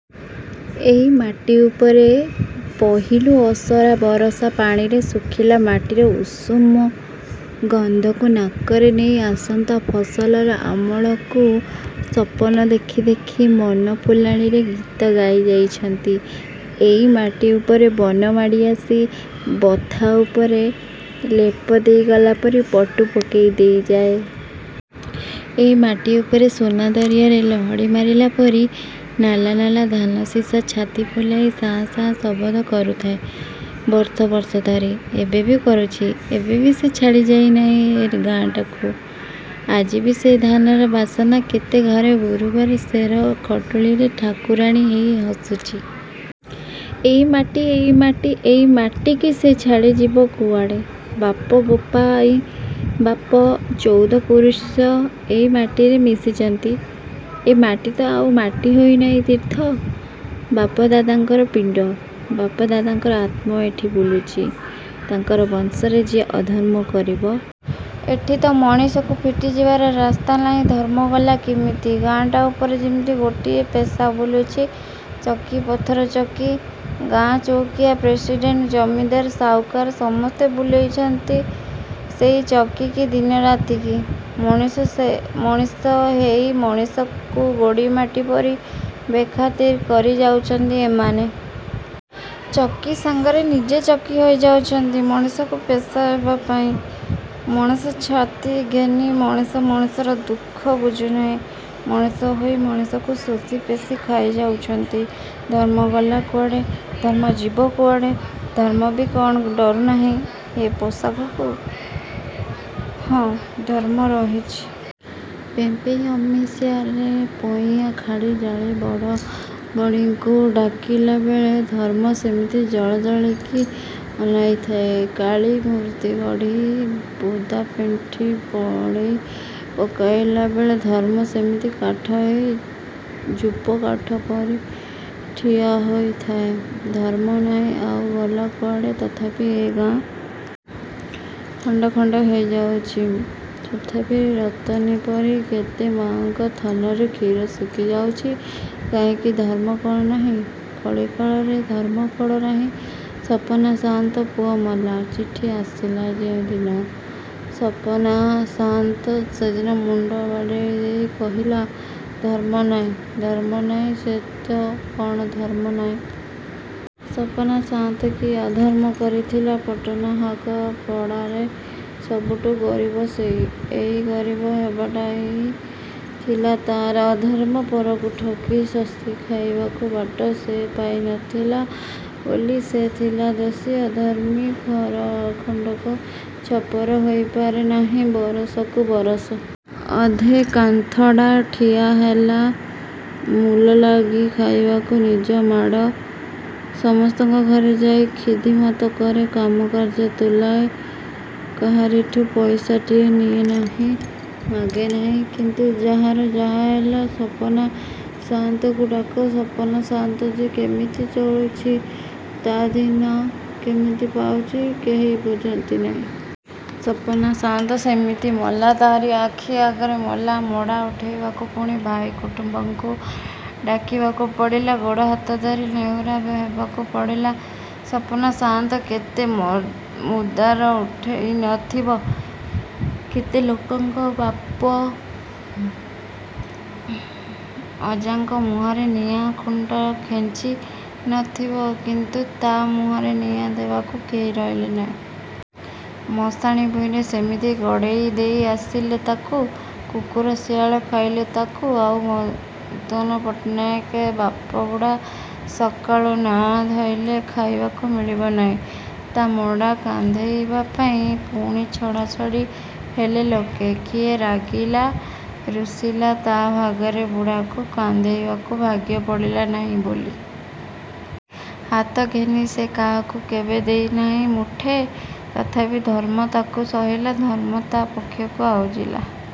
ଏଇ ମାଟି ଉପରେ ପହିଲୁ ଅସରା ବରଷା ପାଣିରେ ଶୁଖିଲା ମାଟିର ଉଷୁମ ଗନ୍ଧକୁ ନାକରେ ନେଇ ଆସନ୍ତା ଫସଲର ଅମଳକୁ ସପନ ଦେଖି ଦେଖି ମନ ଫୁଲାଣିରେ ଗୀତ ଗାଇଯାଇଛନ୍ତି। ଏଇ ମାଟି ଉପରେ ବନ ମାଡ଼ିଆସି, ବଥା ଉପରେ ଲେପ ଦେଇଗଲାପରି ପଟୁ ପକେଇ ଦେଇଯାଏ। ଏଇ ମାଟି ଉପରେ ସୁନା ଦରିଆରେ ଲହଡ଼ି ମାରିଲା ପରି ନାଲା ନାଲା ଧାନଶିଷା ଛାତି ଫୁଲାଇ ଶାଁ ଶାଁ ଶବଦ କରୁଥାଏ, ବର୍ଷ ବର୍ଷ ଧରି। ଏବେବି କରୁଛି। ଏବେବି ସେ ଛାଡ଼ିଯାଇ ନାହିଁ ଏ ଗାଁଟାକୁ। ଆଜିବି ସେଇ ଧାନର ବାସନା କେତେ ଘରେ ଗୁରୁବାର ସେର ଖଟୁଳିରେ ଠାକୁରାଣୀ ହେଇ ହସୁଛି। ଏଇ ମାଟି ଏଇ ମାଟି ଏଇ ମାଟିକି ସେ ଛାଡ଼ିଯିବ କୁଆଡ଼େ! ବାପ ଗୋପାଇଁବାପ ଚଉଦ ପୁରୁଷ ଏଇମାଟିରେ ମିଶିଚନ୍ତି। ଏ ମାଟି ତ ଆଉ ମାଟି ହୋଇ ନାହିଁ ତୀର୍ଥ। ବାପ ଦାଦାଙ୍କର ପିଣ୍ଡ। ବାପ ଦାଦାଙ୍କର ଆତ୍ମା ଏଠି ବୁଲୁଚି। ତାଙ୍କର ବଂଶରେ ଯିଏ ଅଧର୍ମ କରିବ। ଏଠି ତ ମଣିଷକୁ ଫିଟିଯିବାର ରାସ୍ତା ନାହିଁ ଧର୍ମଗଲା କିମିତି? ଗାଁଟା ଉପରେ ଯେମିତି ଗୋଟିଏ ପେଷା ବୁଲୁଛି ଚକି ପଥର ଚକି। ଗାଁ ଚଉକିଆ ପ୍ରେସିଡ଼େଣ୍ଟ ଜମିଦାର ସାଉକାର ସମସ୍ତେ ବୁଲେଇଚନ୍ତି ସେଇ ଚକିକି ଦିନରାତିକି। ମଣିଷ ସେ ମଣିଷ ହେଇ ମଣିଷକୁ ଗୋଡ଼ି ମାଟିପରି ବେଖାତିର କରି ଯାଉଛନ୍ତି ଏମାନେ। ଚକି ସାଙ୍ଗରେ ନିଜେ ଚକି ହୋଇ ଯାଉଛନ୍ତି ମଣିଷକୁ ପେଷିବାପାଇଁ, ମଣିଷ ଛାତି ଘେନି ମଣିଷ ମଣିଷର ଦୁଃଖ ବୁଝୁନାହିଁ। ମଣିଷ ହୋଇ ମଣିଷକୁ ଶୋଷି ପେଷି ଖାଇଯାଉଛନ୍ତି। ଧର୍ମ ଗଲା କୁଆଡ଼େ! ଧର୍ମ ଯିବ କୁଆଡ଼େ। ଧର୍ମବି କ'ଣ ଡରୁନାହିଁ ଏ ପେଷାକୁ? ହଁ, ଧର୍ମ ରହିଛି। ପେପେଁଇ ଅମିସାରେ ପଇଆଁ ଖାଡ଼ି ଜାଳି ବଡ଼ ବଡ଼ିଙ୍କୁ ଡାକିଲାବେଳେ ଧର୍ମ ସେମିତି ଜଳଜଳକି ଅନାଇ ଥାଏ। କାଳୀ ମୂର୍ତ୍ତିଗଢ଼ି ବୋଦାପେଣ୍ଠି ବଳେଇ ପକାଇଲାବେଳେ ଧର୍ମ ସେମିତି କାଠ ହେଇ ଯୂପକାଠପରି ଠିଆ ହୋଇଥାଏ। ଧର୍ମ ନାହିଁ ଆଉ ଗଲା କୁଆଡ଼େ? ତଥାପି ଏ ଗାଁ। ଖଣ୍ଡଖଣ୍ଡ ହେଇଯାଉଛି। ତଥାପି ରତନୀପରି କେତେ ମାଙ୍କ ଥନରୁ କ୍ଷୀର ଶୁଖିଯାଉଛି। କାହିଁକି? ଧର୍ମ କ'ଣ ନାହିଁ? କଳିକାଳରେ ଧର୍ମ କ'ଣ ନାହିଁ? ସପନା ସାଆନ୍ତ ପୁଅ ମଲା। ଚିଠି ଆସିଲା ଯେଉଁଦିନ, ସପନା ସାଆନ୍ତ ସେଦିନ ମୁଣ୍ଡ ବାଡ଼େଇ କହିଲା ଧର୍ମନାହିଁ ଧର୍ମ ନାହିଁ ସତେ କ'ଣ ଧର୍ମନାହିଁ? ସପନା ସାଆନ୍ତ କି ଅଧର୍ମ କରିଥିଲା। ପଟ୍ଟନାହାକ ପଡ଼ାରେ ସବୁଠୁ ଗରିବ ସେଇ। ଏଇ ଗରିବ ହେବାଟାଇ ଥିଲା ତା'ର ଅଧର୍ମ। ପରକୁ ଠକି ଶୋଷିଖାଇବାକୁ ବାଟ ସେ ପାଇ ନଥିଲା ବୋଲି ସେ ଥିଲା ଦୋଷୀ, ଅଧର୍ମୀ। ଘର ଖଣ୍ଡକ ଛପର ହୋଇପାରେ ନାହିଁ ବରଷକୁ ବରଷ। ଅଧେ କାନ୍ଥଡ଼ା ଠିଆହେଲା। ମୂଲଲାଗି ଖାଇବାକୁ ନିଜମାଡ଼। ସମସ୍ତଙ୍କ ଘରେ ଯାଇ ଖିଦିମତ କରେ। କାମ କାର୍ଯ୍ୟ ତୁଲାଏ। କାହାରିଠୁ ପଇସାଟିଏ ନିଏ ନାହିଁ। ମାଗେ ନାହିଁ। କିନ୍ତୁ ଯାହାର ଯାହା ହେଲା, ସପନା ସାଆନ୍ତକୁ ଡାକ। ସପନା ସାଆନ୍ତ ଯେ କେମିତି ଚଳୁଛି ତା' ଦିନ କେମିତି ଯାଉଛି, କେହି ବୁଝନ୍ତି ନାହିଁ। ସପନା ସାଆନ୍ତ ସେମିତି ମଲା ତା'ରି ଆଖି ଆଗରେ ମଲା। ମଡ଼ା ଉଠେଇବାକୁ ପୁଣି ଭାଇ କୁଟୁମ୍ୱଙ୍କୁ ଡାକିବାକୁ ପଡ଼ିଲା। ଗୋଡ଼ ହାତ ଧରି ନେହୁରା ହେବାକୁ ପଡ଼ିଲା। ସପନା ସାଆନ୍ତ କେତେ ମୁର୍ଦାର ଉଠେଇ ନ ଥିବ, କେତେ ଲୋକଙ୍କ ବାପ ଅଜାଙ୍କ ମୁହଁରେ ନିଆଁ ଖୁଣ୍ଟ ଖେଞ୍ଚି ନଥିବ, କିନ୍ତୁ ତା' ମୁହଁରେ ନିଆଁ ଦେବାକୁ କେହି ରହିଲେ ନାହିଁ। ମଶାଣି ଭୂଇଁରେ ସେମିତି ଗଡ଼େଇ ଦେଇ ଆସିଲେ ତାକୁ। କୁକୁର ଶିଆଳ ଖାଇଲେ ତାକୁ। ଆଉ ମଦନ ପଟ୍ଟନାୟକ ବାପ ବୁଢ଼ା ସକାଳୁ ନାଆଁ ଧଇଲେ ଖାଇବାକୁ ମିଳିବ ନାହିଁ; ତା' ମଡ଼ା କାନ୍ଧେଇବା ପାଇଁ ପୁଣି ଛଡ଼ାଛଡ଼ି ହେଲେ ଲୋକେ। କିଏ ରାଗିଲା, ରୁଷିଲା, ତା' ଭାଗରେ ବୁଢ଼ାକୁ କାନ୍ଧେଇବାକୁ ଭାଗ୍ୟ ପଡ଼ିଲା ନାହିଁ ବୋଲି। ହାତ ଘେନି ସେ କାହାକୁ କେବେ ଦେଇ ନାହିଁ ମୁଠେ, ତଥାପି ଧର୍ମ ତାକୁ ସହିଲା। ଧର୍ମ ତା' ପକ୍ଷକୁ ଆଉଜିଲା।